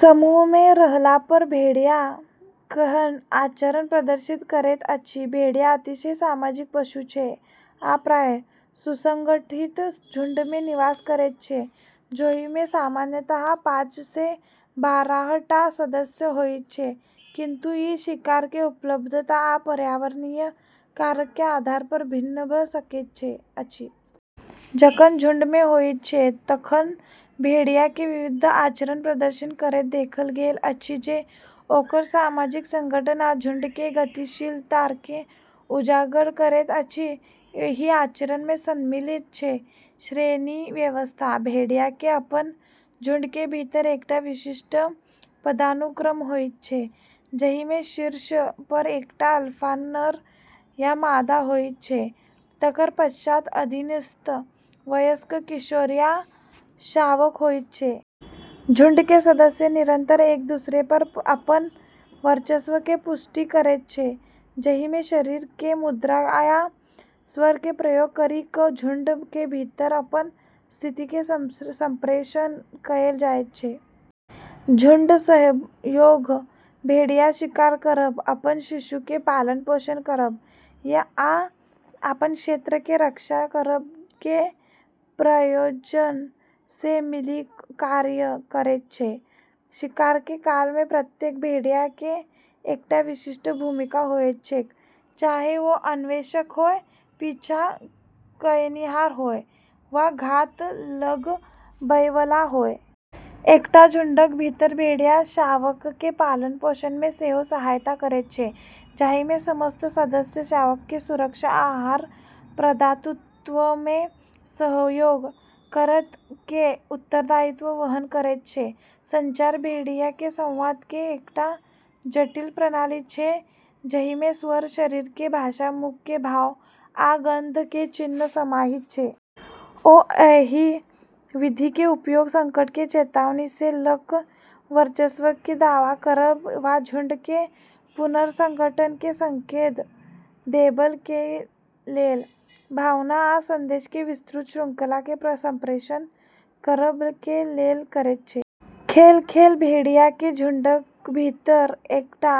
समूहमे रहलापर भेड़िया केहन आचरण प्रदर्शित करैत अछि? भेड़िया अतिशय सामाजिक पशु छै आ प्रायः सुसंगठित झुंडमे निवास करैत छै, जाहिमे सामान्यतः पाँचसँ बारह टा सदस्य होइत छै, किंतु ई शिकार के उपलब्धता आ पर्यावरणीय कारक के आधार पर भिन्न भऽ सकैत अछि। जखन झुंडमे होइत छै तखन भेड़िया के विविध आचरण प्रदर्शित करैत देखल गेल अछि जे ओकर सामाजिक संगठन आ झुंड के गतिशीलताकेँ उजागर करैत अछि। एहि आचरण में सम्मिलित छै: श्रेणी व्यवस्था:- भेड़िया के अपन झुंड के भीतर एकटा विशिष्ट पदानुक्रम होइत छै, जहि में शीर्ष पर एकटा अल्फा नर आ मादा होइत छै, तकर पश्चात अधीनस्थ वयस्क, किशोर, आ शावक होइत छै। झुंड के सदस्य निरंतर एक-दुसरे पर अपन वर्चस्व के पुष्टि करैत छै, जहि में शरीर के मुद्रा आ स्वर के प्रयोग करि कऽ झुंड के भीतर अपन स्थिति के संप्रेषण कएल जाइत छै। झुंड सहयोग: भेड़िया शिकार करब, अपन शिशु के पालन-पोषण करब, आ अपन क्षेत्र के रक्षा करब के प्रयोजन सँ मिलि कऽ कार्य करैत छै। शिकार के काल में प्रत्येक भेड़िया के एकटा विशिष्ट भूमिका होइत छैक, चाहे ओ अन्वेषक होय, पीछा कयनिहार होय, वा घात लगबयवला होय। एकटा झुंडक भीतर भेड़िया शावकके पालन-पोषणमे सेहो सहायता करैत छै, जाहिमे समस्त सदस्य शावकके सुरक्षा आ आहार प्रदातुत्वमे सहयोग करब के उत्तरदायित्व वहन करैत छै। संचार: भेड़िया के संवाद के एकटा जटिल प्रणाली छै जहि में स्वर, शरीर के भाषा, मुख के भाव, आ गंध के चिह्न समाहित छै। ओ एहि विधि के उपयोग संकट के चेतावनी सँ लऽ कऽ वर्चस्व के दावा करब वा झुंड के पुनर्संगठन के संकेत देबय के लेल, भावना आ संदेश के विस्तृत शृंखला के संप्रेषण करब के लेल करैत छै। खेल: खेल भेड़ियाके झुंडक भीतर एकटा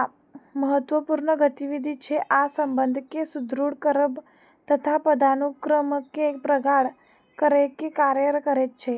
महत्त्वपूर्ण गतिविधि छै आ संबंधकेँ सुदृढ़ करब तथा पदानुक्रमके प्रगाढ़ करयके कार्य करैत छै।